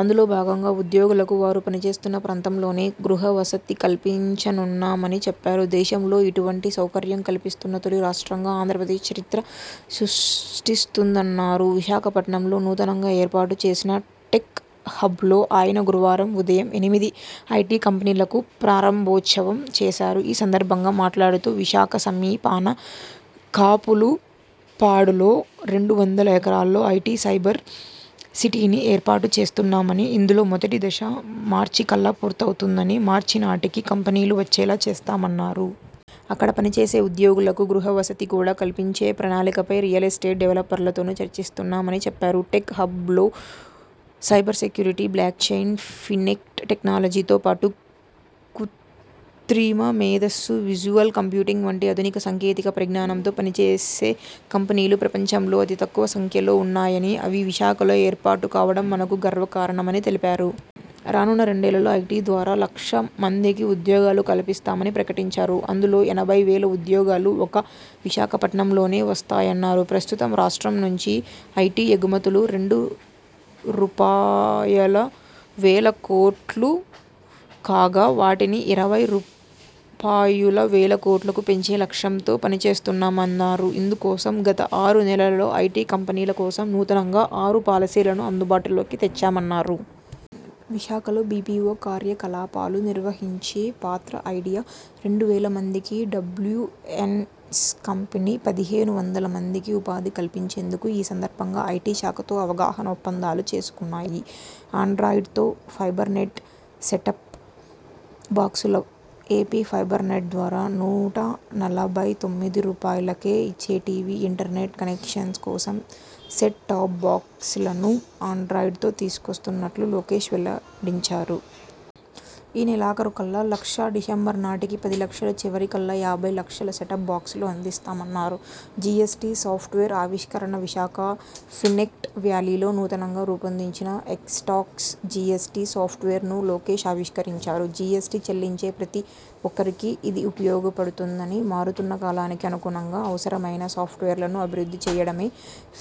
అందులో భాగంగా ఉద్యోగులకు వారు పనిచేస్తున్న ప్రాంతంలోనే గృహ వసతి కల్పించనున్నామని చెప్పారు. దేశంలో ఇటువంటి సౌకర్యం కల్పిస్తున్న తొలి రాష్ట్రంగా ఆంధ్రప్రదేశ్ చరిత్ర సృష్టిస్తుందన్నారు. విశాఖపట్నంలో నూతనంగా ఏర్పాటుచేసిన టెక్ హబ్లో ఆయన గురువారం ఉదయం ఎనిమిది ఐటీ కంపెనీలకు ప్రారంభోత్సవం చేశారు. ఈ సందర్భంగా మాట్లాడుతూ విశాఖ సమీపాన కాపులుప్పాడలో రెండు వందల ఎకరాల్లో ఐటీ సైబర్ సిటీని ఏర్పాటుచేస్తున్నామని, ఇందులో మొదటి దశ మార్చికల్లా పూర్తవుతుందని, మార్చినాటికి కంపెనీలు వచ్చేలా చేస్తామన్నారు. అక్కడ పనిచేసే ఉద్యోగులకు గృహ వసతి కూడా కల్పించే ప్రణాళికపై రియల్ ఎస్టేట్ డెవలపర్లతోనూ చర్చిస్తున్నామని చెప్పారు. టెక్ హబ్లో cyber security, blockchain, fintech టెక్నాలజీతో పాటు కృత్రిమ మేధస్సు, విజువల్ కంప్యూటింగ్ వంటి ఆధునిక సాంకేతిక పరిజ్ఞానంతో పనిచేసే కంపెనీలు ప్రపంచంలో అతి తక్కువ సంఖ్యలో ఉన్నాయని, అవి విశాఖలో ఏర్పాటుకావడం మనకు గర్వకారణమని తెలిపారు. రానున్న రెండేళ్లలో ఐటీ ద్వారా లక్ష మందికి ఉద్యోగాలు కల్పిస్తామని ప్రకటించారు. అందులో ఎనభై వేల ఉద్యోగాలు ఒక్క విశాఖపట్నంలోనే వస్తాయన్నారు. ప్రస్తుతం రాష్ట్రం నుంచి ఐటీ ఎగుమతులు రెండు రూపాయలవేల కోట్లు కాగా వాటిని ఇరవై రూపాయలవేల కోట్లకు పెంచే లక్ష్యంతో పనిచేస్తున్నామన్నారు. ఇందుకోసం గత ఆరు నెలల్లో ఐటీ కంపెనీల కోసం నూతనంగా ఆరు పాలసీలను అందుబాటులోకి తెచ్చామన్నారు. విశాఖలో బీపీవో కార్యకలాపాలు నిర్వహించి పాత్ర 'ఐడియా' రెండు వేల మందికి, డబ్ల్యుఎన్ఎ్స కంపెనీ పదిహేను వందల మందికి ఉపాధి కల్పించేందుకు ఈ సందర్భంగా ఐటీ శాఖతో అవగాహన ఒప్పందాలు చేసుకున్నాయి. ఆండ్రాయిడ్తో ఫైబర్నెట్ సెట్టాప్ బాక్సులుఏపీ ఫైబర్ నెట్ ద్వారా నూట నలభై తొమ్మిది రూపాయలుకే ఇచ్చే టీవీ, ఇంటర్నెట్ కనెక్షన్స్ కోసం సెట్ టాప్ బాక్సులను ఆండ్రాయిడ్తో తీసుకొస్తున్నట్లు లోకేశ్ వెల్లడించారు. ఈ నెలాఖరుకల్లా లక్ష, డిసెంబరు నాటికి పది లక్షలు, చివరికల్లా యాభై లక్షల సెట్టాప్ బాక్సులు అందిస్తామన్నారు. జీఎస్టీ సాఫ్ట్వేర్ ఆవిష్కరణవిశాఖ ఫినేక్ట్ వ్యాలీలో నూతనంగా రూపొందించిన 'ఎక్స్టాక్స్ జీఎ్సటీ సాప్ట్వేర్'ను లోకేశ్ ఆవిష్కరించారు. జీఎ్సటీ చెల్లించే ప్రతి ఒక్కరికీ ఇది ఉపయోగపడుతుందని, మారుతున్న కాలానికి అనుగుణంగా అవసరమైన సాఫ్ట్వేర్లను అభివృద్ధి చేయడమే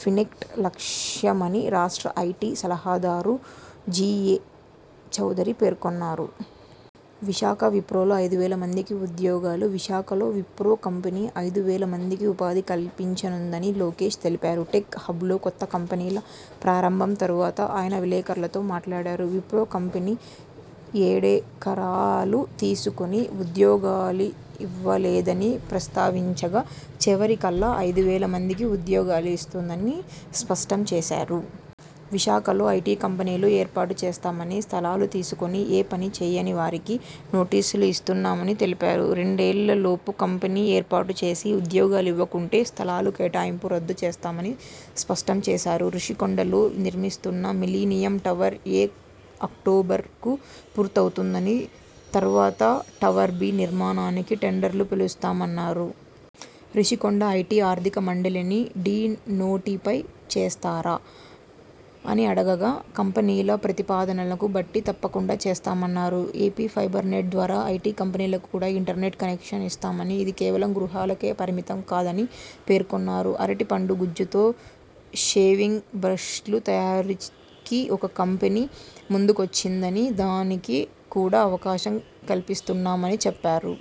ఫినేక్ట్ లక్ష్యమని రాష్ట్ర ఐటీ సలహాదారు జేఏ చౌదరి పేర్కొన్నారు. విశాఖ విప్రోలో ఐదు వేల మందికి ఉద్యోగాలువిశాఖలో విప్రో కంపెనీ ఐదు వేల మందికి ఉపాధి కల్పించనుందని లోకేశ్ తెలిపారు. టెక్ హబ్లో కొత్త కంపెనీల ప్రారంభం తరువాత ఆయన విలేకరులతో మాట్లాడారు. విప్రో కంపెనీ ఏడెకరాలు తీసుకుని ఉద్యోగాలివ్వలేదని ప్రస్తావించగా.. చివరికల్లా ఐదు వేల మందికి ఉద్యోగాలు ఇస్తుందని స్పష్టంచేశారు. విశాఖలో ఐటీ కంపెనీలు ఏర్పాటు చేస్తామని స్థలాలు తీసుకుని.. ఏ పనీ చేయనివారికి నోటీసులు ఇస్తున్నామని తెలిపారు. రెండేళ్ల లోపు కంపెనీ ఏర్పాటు చేసి, ఉద్యోగాలివ్వకుంటే స్థలాల కేటాయింపు రద్దు చేస్తామని స్పష్టంచేశారు. రుషికొండలో నిర్మిస్తున్న మిలీనియం టవర్-ఏ అక్టోబరుకు పూర్తవుతుందని, తర్వాత టవర్-బీ నిర్మాణానికి టెండర్లు పిలుస్తామన్నారు. రుషికొండ ఐటీ ఆర్థిక మండలిని డీ నోటిఫై చేస్తారా అని అడుగగా.. కంపెనీల ప్రతిపాదనలను బట్టి తప్పకుండా చేస్తామన్నారు. ఏపీ ఫైబర్ నెట్ ద్వారా ఐటీ కంపెనీలకు కూడా ఇంటర్నెట్ కనెక్షన్లు ఇస్తామని, అది కేవలం గృహాలకే పరిమితం కాదని పేర్కొన్నారు. అరటి పండు గుజ్జుతో షేవింగ్ బ్రష్ల తయారీకి ఒక కంపెనీ ముందుకొచ్చిందని, దానికి కూడా అవకాశం కల్పిస్తున్నామని చెప్పారు.